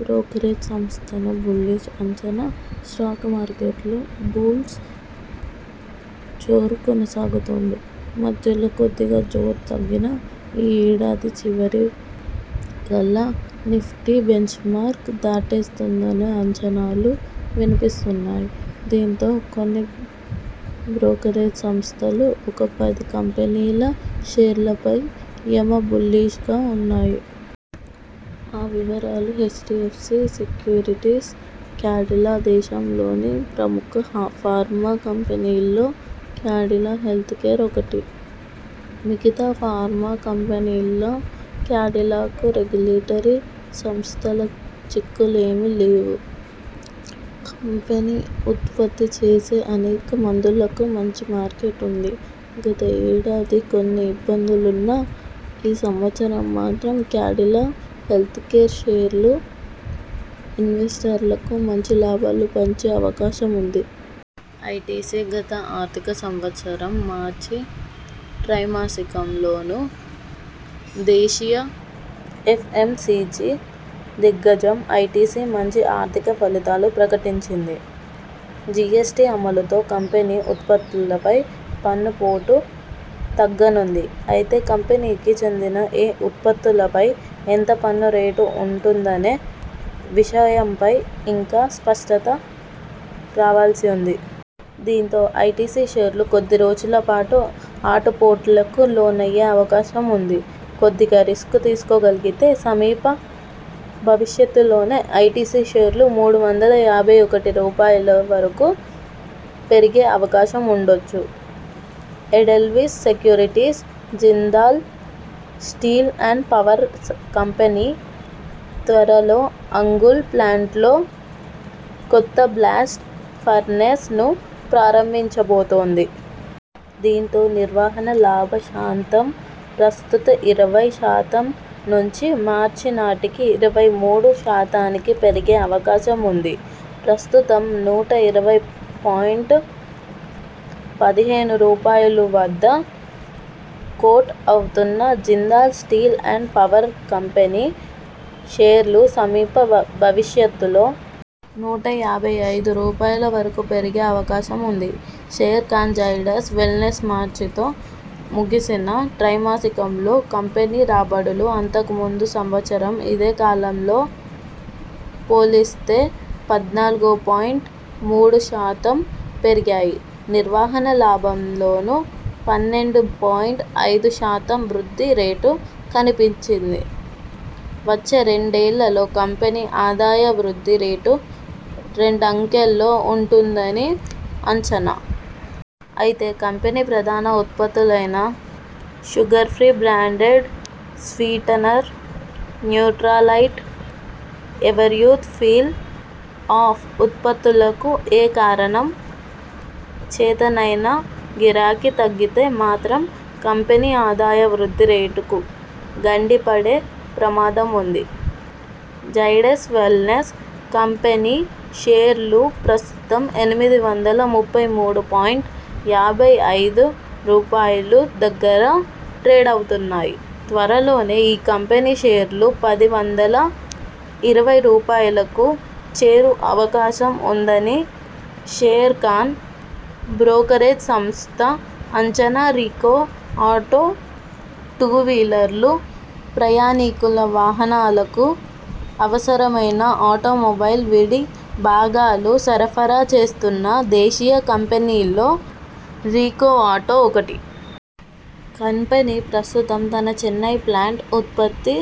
Brokerage సంస్థల bullish అంచనా stock మార్కెట్లో బుల్స్ జోరు కొనసాగుతోంది. మధ్యలో కొద్దిగా జోరు తగ్గినా ఈ ఏడాది చివరి కల్లా నిఫ్టీ బెంచ్మార్క్ దాటేస్తుందనే అంచనాలు వినిపిస్తున్నాయి. దీంతో కొన్ని బ్రోకరేజ్ సంస్థలు ఒక పది కంపెనీల షేర్లపై యమ బుల్లి్షగా ఉన్నాయి. ఆ వివరాలు హెచ్డిఎ్ఫసి సెక్యూరిటీస్ క్యాడిలా దేశంలోని ప్రముఖ ఫార్మా కంపెనీల్లో క్యాడిలా హెల్త్కేర్ ఒకటి. మిగతా ఫార్మా కంపెనీల్లా క్యాడిలాకు రెగ్యులేటరీ సంస్థల చిక్కులేమీ లేవు. కంపెనీ ఉత్పత్తి చేసే అనేక మందులకు మంచి మార్కెట్ ఉంది. గత ఏడాది కొన్ని ఇబ్బందులున్నా ఈ సంవత్సరం మాత్రం క్యాడిలా హెల్త్కేర్ షేర్లు ఇన్వెస్టర్లకు మంచి లాభాలు పంచే అవకాశం ఉంది. ఐటిసి గత ఆర్థిక సంవత్సరం మార్చి త్రైమాసికంలోనూ దేశీయ ఎఫ్ఎంసిజి దిగ్గజం ఐటిసి మంచి ఆర్థిక ఫలితాలు ప్రకటించింది. జిఎ్సటి అమలుతో కంపెనీ ఉత్పత్తులపై పన్ను పోటూ తగ్గనుంది. అయితే కంపెనీకి చెందిన ఏ ఉత్పత్తులపై ఎంత పన్ను రేటు ఉంటుందనే విషయంపై ఇంకా స్పష్టత రావాల్సి ఉంది. దీంతో ఐటిసి షేర్లు కొద్ది రోజుల పాటు ఆటుపోట్లకు లోనయ్యే అవకాశం ఉంది. కొద్దిగా రిస్కు తీసుకోగలిగితే సమీప భవిష్యతలోనే ఐటిసి షేర్లు మూడు వందల యాభై ఒకటి రూపాయలు వరకు పెరిగే అవకాశం ఉండొచ్చు. Edelweiss securities Jindal steel and power company త్వరలో అంగుల్ ప్లాంట్లో కొత్త బ్లాస్ట్ ఫర్నేస్ ను ప్రారంభించబోతోంది. దీంతో నిర్వహణ లాభ శాతం ప్రస్తుత ఇరవై శాతం నుంచి మార్చి నాటికి ఇరవై మూడు శాతానికి పెరిగే అవకాశం ఉంది ప్రస్తుతం నూట ఇరవై పాయింట్ పదిహేను రూపాయలు వద్ద కోట్ అవుతున్న Jindal steel and power company షేర్లు సమీప భవిష్యతలో నూట యాభై ఐదు రూపాయలువరకు పెరిగే అవకాశం ఉంది షేర్ఖాన్ జైడస్ వెల్నెస్మార్చితో ముగిసిన త్రైమాసికంలో కంపెనీ రాబడులు అంతకు ముందు సంవత్సరం ఇదే కాలంతో పోలిస్తే పద్నాలుగు పాయింట్ మూడు శాతం పెరిగాయి నిర్వహణ లాభంలోనూ పన్నెండు పాయింట్ ఐదు శాతం వృద్ధి రేటు కనిపించింది వచ్చే రెండేళ్లలో కంపెనీ ఆదాయ వృద్ధి రేటు రెండంకెల్లో ఉంటుందని అంచనా. అయితే కంపెనీ ప్రధాన ఉత్పత్తులైన Sugar Free branded sweetener, Nutralite, Everyuth peel off ఉత్పత్తులకు ఏ కారణం చేతనైనా గిరాకీ తగ్గితే మాత్రం కంపెనీ ఆదాయ వృద్ధి రేటుకు గండి పడే ప్రమాదం ఉంది. జైడస్ వెల్నెస్ కంపెనీ షేర్లు ప్రస్తుతం ఎనిమిది వందల ముప్పై మూడు పాయింట్ యాభై ఐదు రూపాయలు దగ్గర ట్రేడవుతున్నాయి త్వరలోనే ఈ కంపెనీ షేర్లు పది వందల ఇరవై రూపాయలుకు చేరు అవకాశం ఉందని షేర్ఖాన్ బ్రోకరేజ్ సంస్థ అంచనా రికో ఆటో టూవీలర్లు, ప్రయాణికుల వాహనాలకు అవసరమైన ఆటోమొబైల్ విడి భాగాలు సరఫరా చేస్తున్న దేశీయ కంపెనీల్లో రికో ఆటో ఒకటి. కంపెనీ ప్రస్తుతం తన చెన్నై ప్లాంట్ ఉత్పత్తి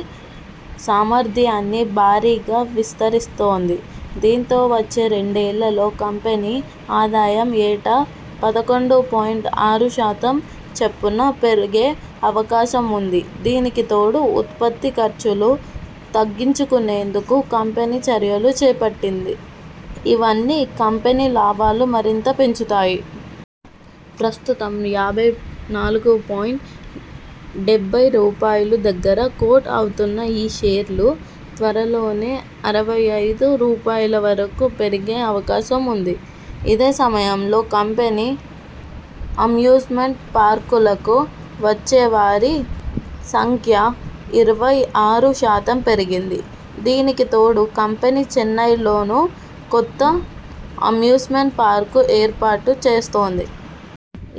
సామర్ధ్యాన్ని భారీగా విస్తరిస్తోంది. దీంతో వచ్చే రెండేళ్లలో కంపెనీ ఆదాయం ఏటా పదకొండు పాయింట్ ఆరు శాతం చొప్పున పెరిగే అవకాశం ఉంది దీనికి తోడు ఉత్పత్తి ఖర్చులు తగ్గించుకునేందుకూ కంపెనీ చర్యలు చేపట్టింది. ఇవన్నీ కంపెనీ లాభాలు మరింత పెంచుతాయి. ప్రస్తుతం యాభై నాలుగు పాయింట్ డెబ్బై రూపాయలు దగ్గర కోట్ అవుతున్న ఈ షేర్లు త్వరలోనే అరవై ఐదు రూపాయలువరకు పెరిగే అవకాశం ఉంది. ఇదే సమయంలో కంపెనీ అమ్యూజ్మెంట్ పార్కులకు వచ్చే వారి సంఖ్యా ఇరవై ఆరు శాతం పెరిగింది. దీనికి తోడు కంపెనీ చెన్నైలోనూ కొత్త అమ్యూజ్మెంట్ పార్కు ఏర్పాటు చేస్తోంది.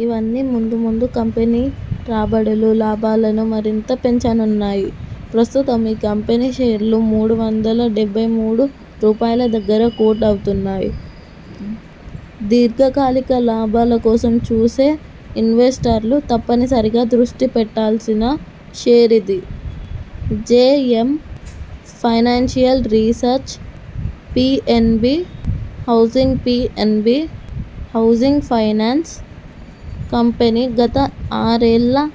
ఇవన్నీ ముందు ముందు కంపెనీ రాబడులు, లాభాలను మరింత పెంచనున్నాయి. ప్రస్తుతం ఈ కంపెనీ షేర్లు మూడు వందల డెబ్బై మూడు రూపాయలుదగ్గర కోట్ అవుతున్నాయి దీర్ఘకాలిక లాభాల కోసం చూసే ఇన్వెస్టర్లు తప్పనిసరిగా దృష్టి పెట్టాల్సిన షేరు ఇది. JM financial research PNB housing PNB housing finance company గత ఆరేళ్ల